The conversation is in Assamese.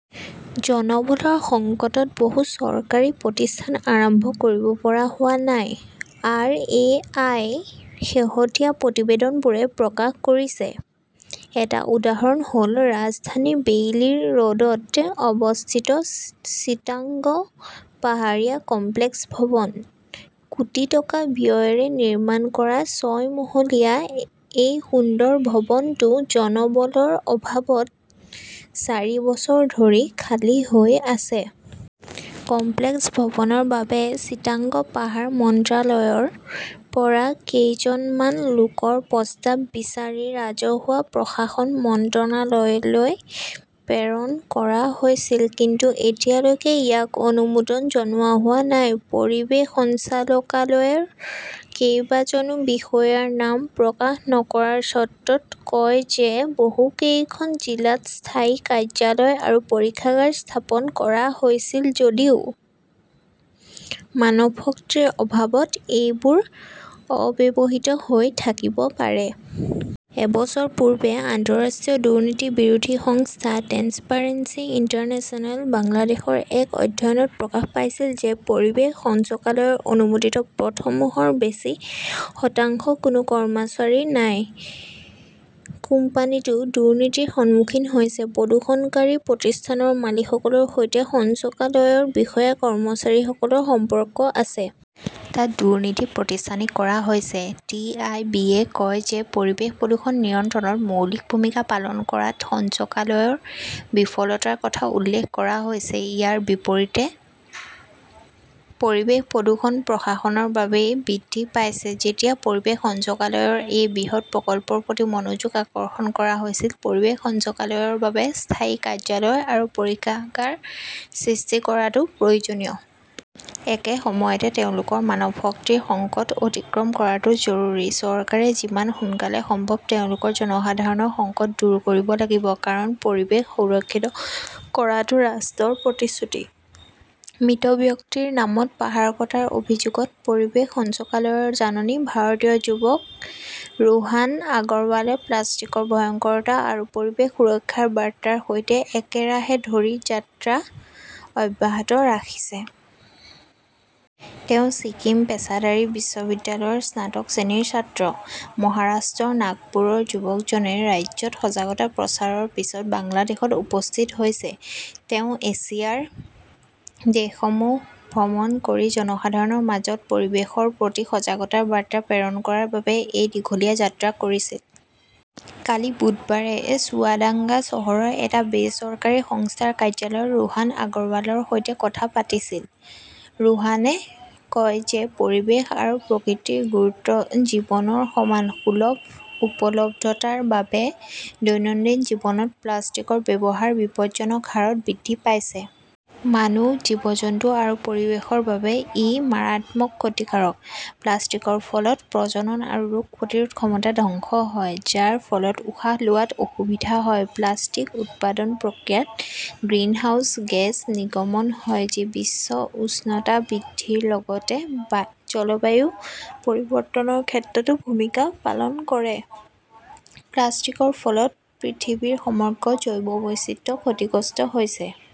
জনবলৰ সংকটত বহু চৰকাৰী প্ৰতিষ্ঠান আৰম্ভ কৰিব পৰা হোৱা নাই, আৰ. এ. আই. -ৰ শেহতীয়া প্ৰতিবেদনবোৰে প্ৰকাশ কৰিছে। এটা উদাহৰণ হ'ল ৰাজধানীৰ বেইলি ৰোডত অৱস্থিত চিটাগং পাহাৰীয়া কমপ্লেক্স ভৱন। কোটি টকা ব্যয়েৰে নিৰ্মাণ কৰা ছয় মহলীয়া এই সুন্দৰ ভৱনটো জনবলৰ অভাৱত চাৰি বছৰ ধৰি খালী হৈ আছে। কমপ্লেক্স ভৱনৰ বাবে চিটাগং পাহাৰ মন্ত্ৰালয়ৰ পৰা কেইজনমান লোকৰ প্ৰস্তাৱ বিচাৰি ৰাজহুৱা প্ৰশাসন মন্ত্ৰালয়লৈ প্ৰেৰণ কৰা হৈছিল। কিন্তু এতিয়ালৈকে ইয়াক অনুমোদন জনোৱা হোৱা নাই। পৰিৱেশ সঞ্চালকালয়ৰ কেইবাজনো বিষয়াৰ নাম প্ৰকাশ নকৰাৰ চৰ্তত কয় যে বহুকেইখন জিলাত স্থায়ী কাৰ্যালয় আৰু পৰীক্ষাগাৰ স্থাপন কৰা হৈছিল যদিও মানৱশক্তিৰ অভাৱত সেইবোৰ অব্যৱহৃত হৈ থাকিব পাৰে। এবছৰ পূৰ্বে আন্তঃৰাষ্ট্ৰীয় দুৰ্নীতি বিৰোধী সংস্থা ট্ৰেন্সপাৰেন্সি ইণ্টাৰনেশ্যনেল বাংলাদেশৰ এক অধ্যয়নত প্ৰকাশ পাইছিল যে পৰিৱেশ সঞ্চালকালয়ৰ অনুমোদিত পদসমূহৰ বেছি শতাংশৰ কোনো কৰ্মচাৰী নাই। কোম্পানীটো দুৰ্নীতিৰ সন্মুখীন হৈছে। প্ৰদূষণকাৰী প্ৰতিষ্ঠানৰ মালিকসকলৰ সৈতে সঞ্চালকালয়ৰ বিষয়া-কৰ্মচাৰীসকলৰ সম্পৰ্ক আছে। তাত দুৰ্নীতি প্ৰতিষ্ঠানিক কৰা হৈছে। টি. আই. বি. -য়ে কয় যে পৰিৱেশ প্ৰদূষণ নিয়ন্ত্ৰণত মৌলিক ভূমিকা পালন কৰাত সঞ্চালকালয়ৰ বিফলতাৰ কথা উল্লেখ কৰা হৈছে। ইয়াৰ বিপৰীতে পৰিৱেশ প্ৰদূষণ প্ৰশাসনৰ বাবেই বৃদ্ধি পাইছে। যেতিয়া পৰিৱেশ সঞ্চালকালয়ৰ এই বৃহৎ প্ৰকল্পৰ প্ৰতি মনোযোগ আকৰ্ষণ কৰা হৈছিল, পৰিৱেশ সঞ্চালকালয়ৰ বাবে স্থায়ী কাৰ্যালয় আৰু পৰীক্ষাগাৰ সৃষ্টি কৰাটো প্ৰয়োজনীয়। একে সময়তে তেওঁলোকৰ মানৱশক্তিৰ সংকট অতিক্ৰম কৰাটো জৰুৰী। চৰকাৰে যিমান সোনকালে সম্ভৱ তেওঁলোকৰ জনসাধাৰণৰ সংকট দূৰ কৰিব লাগিব। কাৰণ, পৰিৱেশ সুৰক্ষিত কৰাটো ৰাষ্ট্ৰৰ প্ৰতিশ্ৰুতি। মৃত ব্যক্তিৰ নামত পাহাৰ কটাৰ অভিযোগত পৰিৱেশ সঞ্চালকালয়ৰ জাননী ভাৰতীয় যুৱক ৰোহান আগৰৱালে প্লাষ্টিকৰ ভয়ংকৰতা আৰু পৰিৱেশ সুৰক্ষাৰ বাৰ্তাৰ সৈতে একেৰাহে ধৰি যাত্ৰা অব্যাহত ৰাখিছে। তেওঁ ছিকিম পেচাদাৰী বিশ্ববিদ্যালয়ৰ স্নাতক শ্ৰেণীৰ ছাত্ৰ। মহাৰাষ্ট্ৰৰ নাগপুৰৰ যুৱকজনে ৰাজ্যত সজাগতা প্ৰচাৰৰ পিছত বাংলাদেশত উপস্থিত হৈছে। তেওঁ এছিয়াৰ দেশসমূহ ভ্ৰমণ কৰি জনসাধাৰণৰ মাজত পৰিৱেশৰ প্ৰতি সজাগতাৰ বাৰ্তা প্ৰেৰণ কৰাৰ বাবে এই দীঘলীয়া যাত্ৰা কৰিছিল। কালি বুধবাৰে চুৱাদাঙ্গা চহৰৰ এটা বেচৰকাৰী সংস্থাৰ কাৰ্যালয়ত ৰোহান আগৰৱালৰ সৈতে কথা পাতিছিল। ৰোহানে কয় যে পৰিৱেশ আৰু প্ৰকৃতিৰ গুৰুত্ব জীৱনৰ সমান। সুলভ উপলব্ধতাৰ বাবে দৈনন্দিন জীৱনত প্লাষ্টিকৰ ব্যৱহাৰ বিপজ্জনক হাৰত বৃদ্ধি পাইছে। মানুহ, জীৱ-জন্তু আৰু পৰিৱেশৰ বাবে ই মাৰাত্মক ক্ষতিকাৰক। প্লাষ্টিকৰ ফলত প্ৰজনন আৰু ৰোগ প্ৰতিৰোধ ক্ষমতা ধ্বংস হয়, যাৰ ফলত উশাহ লোৱাত অসুবিধা হয়। প্লাষ্টিক উৎপাদন প্ৰক্ৰিয়াত গ্ৰিনহাউজ গেছ নিৰ্গমন হয়, যি বিশ্ব উষ্ণতা বৃদ্ধিৰ লগতে জলবায়ু পৰিৱৰ্তনৰ ক্ষেত্ৰতো ভূমিকা পালন কৰে। প্লাষ্টিকৰ ফলত পৃথিৱীৰ সমগ্ৰ জৈৱ বৈচিত্ৰ্য ক্ষতিগ্ৰস্ত হৈছে।